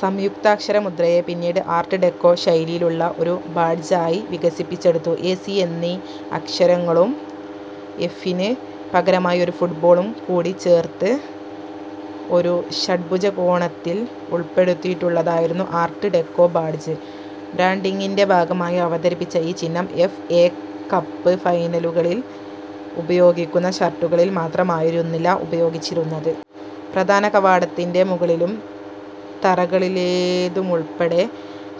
സംയുക്താക്ഷരമുദ്രയെ പിന്നീട് art deco ശൈലിയിലുള്ള ഒരു ബാഡ്ജായി വികസിപ്പിച്ചെടുത്തു. എ, സി എന്നീ അക്ഷരങ്ങളും എഫിന് പകരമായി ഒരു ഫുട്ബോളും കൂടി ചേർത്ത് ഒരു ഷഡ്ഭുജകോണത്തിൽ ഉൾപ്പെടുത്തിയിട്ടുള്ളതായിരുന്നു ആർട്ട് ഡെക്കോ ബാഡ്ജ്. ബ്രാൻഡിങ്ങിൻ്റെഭാഗമായി അവതരിപ്പിച്ച ഈ ചിഹ്നം എഫ്. എ. കപ്പ് ഫൈനലുകളിൽ ഉപയോഗിക്കുന്ന ഷർട്ടുകളിൽ മാത്രമായിരുന്നില്ല ഉപയോഗിച്ചിരുന്നത്. പ്രധാനകവാടത്തിൻ്റെമുകളിലും തറകളിലേതുമുൾപ്പെടെ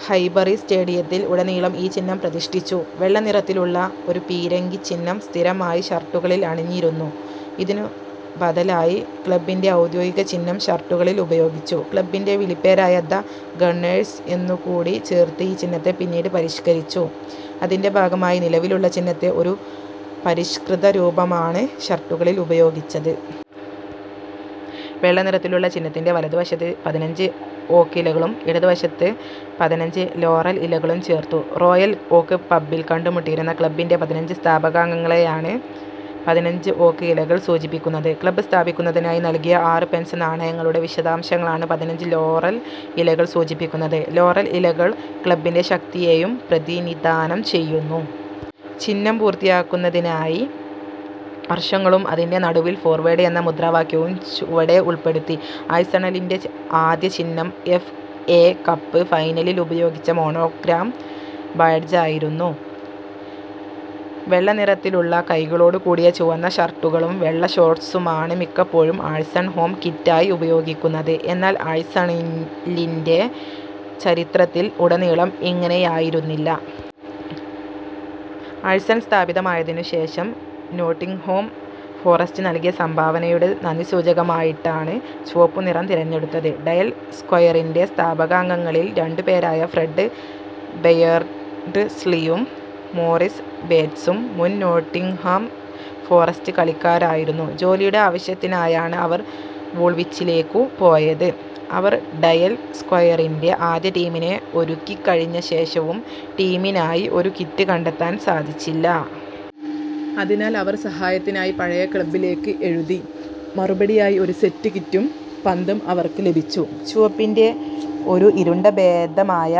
ഹൈബറി സ്റ്റേഡിയത്തിൽ ഉടനീളം ഈ ചിഹ്നം പ്രതിഷ്ഠിച്ചു. വെള്ളനിറത്തിലുള്ള ഒരു പീരങ്കിച്ചിഹ്നം സ്ഥിരമായി ഷർട്ടുകളിൽ അണിഞ്ഞിരുന്നു. ഇതിനു ബദലായി ക്ലബ്ബിൻ്റെഔദ്യോഗിക ചിഹ്നം ഷർട്ടുകളിൽ ഉപയോഗിച്ചു. ക്ലബ്ബിൻ്റെവിളിപ്പേരായ ദ ഗണ്ണേഴ്സ് എന്നുകൂടി ചേർത്ത് ഈ ചിഹ്നത്തെ പിന്നീട് പരിഷ്കരിച്ചു. അതിൻ്റെഭാഗമായി നിലവിലുള്ള ചിഹ്നത്തെ ഒരു പരിഷ്കൃതരൂപമാണ് ഷർട്ടുകളിൽ ഉപയോഗിച്ചത്. വെള്ളനിറത്തിലുള്ള ചിഹ്നത്തിൻ്റെ വലതുവശത്ത് പതിനഞ്ച് ഓക്ക് ഇലകളും ഇടതുവശത്ത് പതിനഞ്ച് ലോറൽ ഇലകളും ചേർത്തു. റോയൽ ഓക്ക് പബ്ബിൽ കണ്ടുമുട്ടിയിരുന്ന ക്ലബ്ബിൻ്റെപതിനഞ്ച് സ്ഥാപകാംഗങ്ങളെയാണ് പതിനഞ്ച് ഓക്ക് ഇലകൾ സൂചിപ്പിക്കുന്നത്. ക്ലബ് സ്ഥാപിക്കുന്നതിനായി നൽകിയ ആറ് പെൻസ് നാണയങ്ങളുടെ വിശദാംശങ്ങളാണ് പതിനഞ്ച് ലോറൽ ഇലകൾ സൂചിപ്പിക്കുന്നത്. ലോറൽ ഇലകൾ ക്ലബ്ബിൻ്റെ ശക്തിയെയും പ്രതിനിധാനം ചെയ്യുന്നു. ചിഹ്നം പൂർത്തിയാക്കുന്നതിനായി വർഷങ്ങളും അതിൻ്റെ നടുവിൽ ഫോർവേഡ് എന്ന മുദ്രാവാക്യവും ചുവടെ ഉൾപ്പെടുത്തി. ആഴ്സണലിൻ്റെ ആദ്യ ചിഹ്നം എഫ്. എ. കപ്പ് ഫൈനലിൽ ഉപയോഗിച്ച മോണോഗ്രാം ബാഡ്ജായിരുന്നു. വെള്ളനിറത്തിലുള്ള കൈകളോടുകൂടിയ ചുവന്ന ഷർട്ടുകളും വെള്ള ഷോർട്ട്സുമാണ് മിക്കപ്പോഴും ആഴ്സൺ ഹോം കിറ്റായി ഉപയോഗിക്കുന്നത്. എന്നാൽ ആഴ്സണലിൻ്റെ ചരിത്രത്തിൽ ഉടനീളം ഇങ്ങനെയായിരുന്നില്ല. ആഴ്സൺ സ്ഥാപിതമായതിനുശേഷം നോട്ടിങ്ഹാം ഫോറസ്റ്റ് നൽകിയ സംഭാവനയുടെ നന്ദിസൂചകമായിട്ടാണ് ചുവപ്പുനിറം തിരഞ്ഞെടുത്തത്. ഡയൽ സ്ക്വയറിൻ്റെസ്ഥാപകാംഗങ്ങളിൽ രണ്ടുപേരായ ഫ്രെഡ് ബെയേർഡ്സ്ലിയും മോറിസ് ബേറ്റ്സും മുൻ നോട്ടിങ്ഹാം ഫോറസ്റ്റ് കളിക്കാരായിരുന്നു. ജോലിയുടെ ആവശ്യത്തിനായാണ് അവർ വൂൾവിച്ചിലേക്കു പോയത്. അവർ ഡയൽ സ്ക്വയറിൻ്റെആദ്യ ടീമിനെ ഒരുക്കിക്കഴിഞ്ഞ ശേഷവും ടീമിനായി ഒരു കിറ്റ് കണ്ടെത്താൻ സാധിച്ചില്ല. അതിനാൽ അവർ സഹായത്തിനായി പഴയ ക്ലബ്ബിലേക്ക് എഴുതി. മറുപടിയായി ഒരു സെറ്റ് കിറ്റും പന്തും അവർക്ക് ലഭിച്ചു. ചുവപ്പിൻ്റെഒരു ഇരുണ്ട ഭേദമായ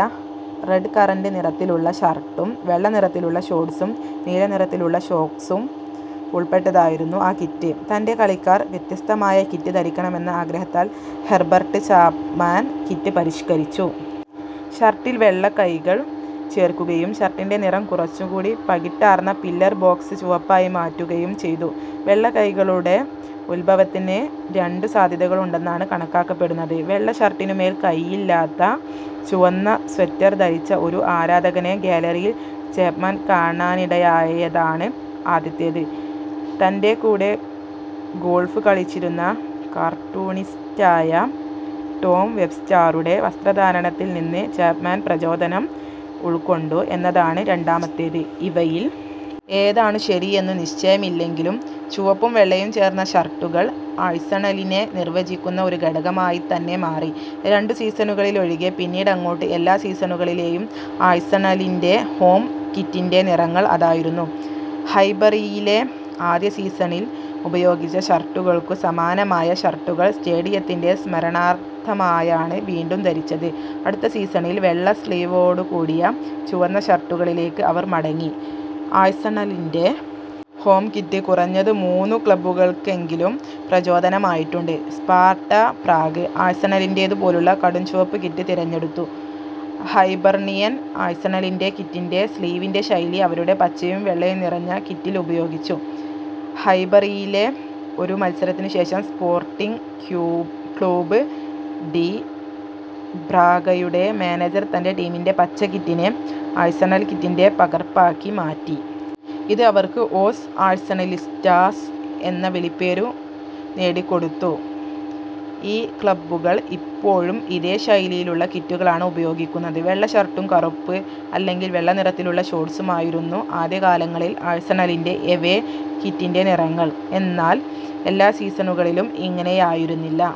റെഡ്കറന്റ് നിറത്തിലുള്ള ഷർട്ടും വെള്ളനിറത്തിലുള്ള ഷോർട്ട്സും നീലനിറത്തിലുള്ള സോക്സും ഉൾപ്പെട്ടതായിരുന്നു ആ കിറ്റ്. തൻ്റെ കളിക്കാർ വ്യത്യസ്തമായ കിറ്റ് ധരിക്കണമെന്ന ആഗ്രഹത്താൽ ഹെർബർട്ട് ചാപ്മാൻ കിറ്റ് പരിഷ്കരിച്ചു. ഷർട്ടിൽ വെള്ള കൈകൾ ചേർക്കുകയും ഷർട്ടിൻ്റെനിറം കുറച്ചുകൂടി പകിട്ടാർന്ന പില്ലർ ബോക്സ് ചുവപ്പായി മാറ്റുകയും ചെയ്തു. വെള്ള കൈകളുടെ ഉത്ഭവത്തിന് രണ്ടു സാധ്യതകളുണ്ടെന്നാണ് കണക്കാക്കപ്പെടുന്നത്. വെള്ള ഷർട്ടിനുമേൽ കൈയില്ലാത്ത ചുവന്ന സ്വെറ്റർ ധരിച്ച ഒരു ആരാധകനെ ഗാലറിയിൽ ചാപ്മാൻ കാണാനിടയായതാണ് ആദ്യത്തേത്. തൻ്റെകൂടെ ഗോൾഫ് കളിച്ചിരുന്ന കാർട്ടൂണിസ്റ്റായ ടോം വെബ്സ്റ്ററുടെ വസ്ത്രധാരണത്തിൽനിന്ന് ചാപ്മാൻ പ്രചോദനം ഉൾക്കൊണ്ടു എന്നതാണ് രണ്ടാമത്തേത്. ഇവയിൽ ഏതാണു ശരിയെന്നു നിശ്ചയമില്ലെങ്കിലും ചുവപ്പും വെള്ളയും ചേർന്ന ഷർട്ടുകൾ ആഴ്സണലിനെ നിർവചിക്കുന്ന ഒരു ഘടകമായിത്തന്നെ മാറി. രണ്ടു സീസണുകളിലൊഴികെ പിന്നീടങ്ങോട്ട് എല്ലാ സീസണുകളിലെയും ആഴ്സണലിൻ്റെ ഹോം കിറ്റിൻ്റെനിറങ്ങൾ അതായിരുന്നു. ഹൈബറിയിലെ ആദ്യ സീസണിൽ ഉപയോഗിച്ച ഷർട്ടുകൾക്കു സമാനമായ ഷർട്ടുകൾ സ്റ്റേഡിയത്തിൻ്റെ സ്മരണാർത്ഥമായാണ് വീണ്ടും ധരിച്ചത്. അടുത്ത സീസണിൽ വെള്ള സ്ലീവുകളോടുകൂടിയ ചുവന്ന ഷർട്ടുകളിലേക്ക് അവർ മടങ്ങി. ആഴ്സണലിൻ്റെ ഹോം കിറ്റ് കുറഞ്ഞത് മൂന്നു ക്ലബ്ബുകൾക്കെങ്കിലും പ്രചോദനമായിട്ടുണ്ട്. സ്പാർട്ട പ്രാഗ് ആഴ്സണലിന്റേതുപോലുള്ള കടുംചുവപ്പ് കിറ്റ് തിരഞ്ഞെടുത്തു. ഹൈബർണിയൻ ആഴ്സണലിൻ്റെ കിറ്റിലെ സ്ലീവിൻ്റെശൈലി അവരുടെ പച്ചയും വെള്ളയും നിറങ്ങളുള്ള കിറ്റിൽ ഉപയോഗിച്ചു. ഹൈബറിയിലെ ഒരു മത്സരത്തിനുശേഷം സ്പോർട്ടിങ് ക്ലൂബ് ഡി ബ്രാഗയുടെ മാനേജർ തൻ്റെടീമിൻ്റെ പച്ച കിറ്റിനെ ആഴ്സണൽ കിറ്റിൻ്റെ പകർപ്പാക്കി മാറ്റി. ഇത് അവർക്ക് ഓസ് ആഴ്സണലിസ്റ്റാസ് എന്ന വിളിപ്പേരു നേടിക്കൊടുത്തു. ഈ ക്ലബ്ബുകൾ ഇപ്പോഴും ഇതേ ശൈലിയിലുള്ള കിറ്റുകളാണ് ഉപയോഗിക്കുന്നത്. വെള്ള ഷർട്ടും കറുപ്പ് അല്ലെങ്കിൽ വെള്ള നിറത്തിലുള്ള ഷോർട്ട്സുമായിരുന്നു ആദ്യകാലങ്ങളിൽ ആഴ്സണലിൻ്റെ എവേ കിറ്റിൻ്റെനിറങ്ങൾ. എന്നാൽ എല്ലാ സീസണുകളിലും ഇങ്ങനെയായിരുന്നില്ല.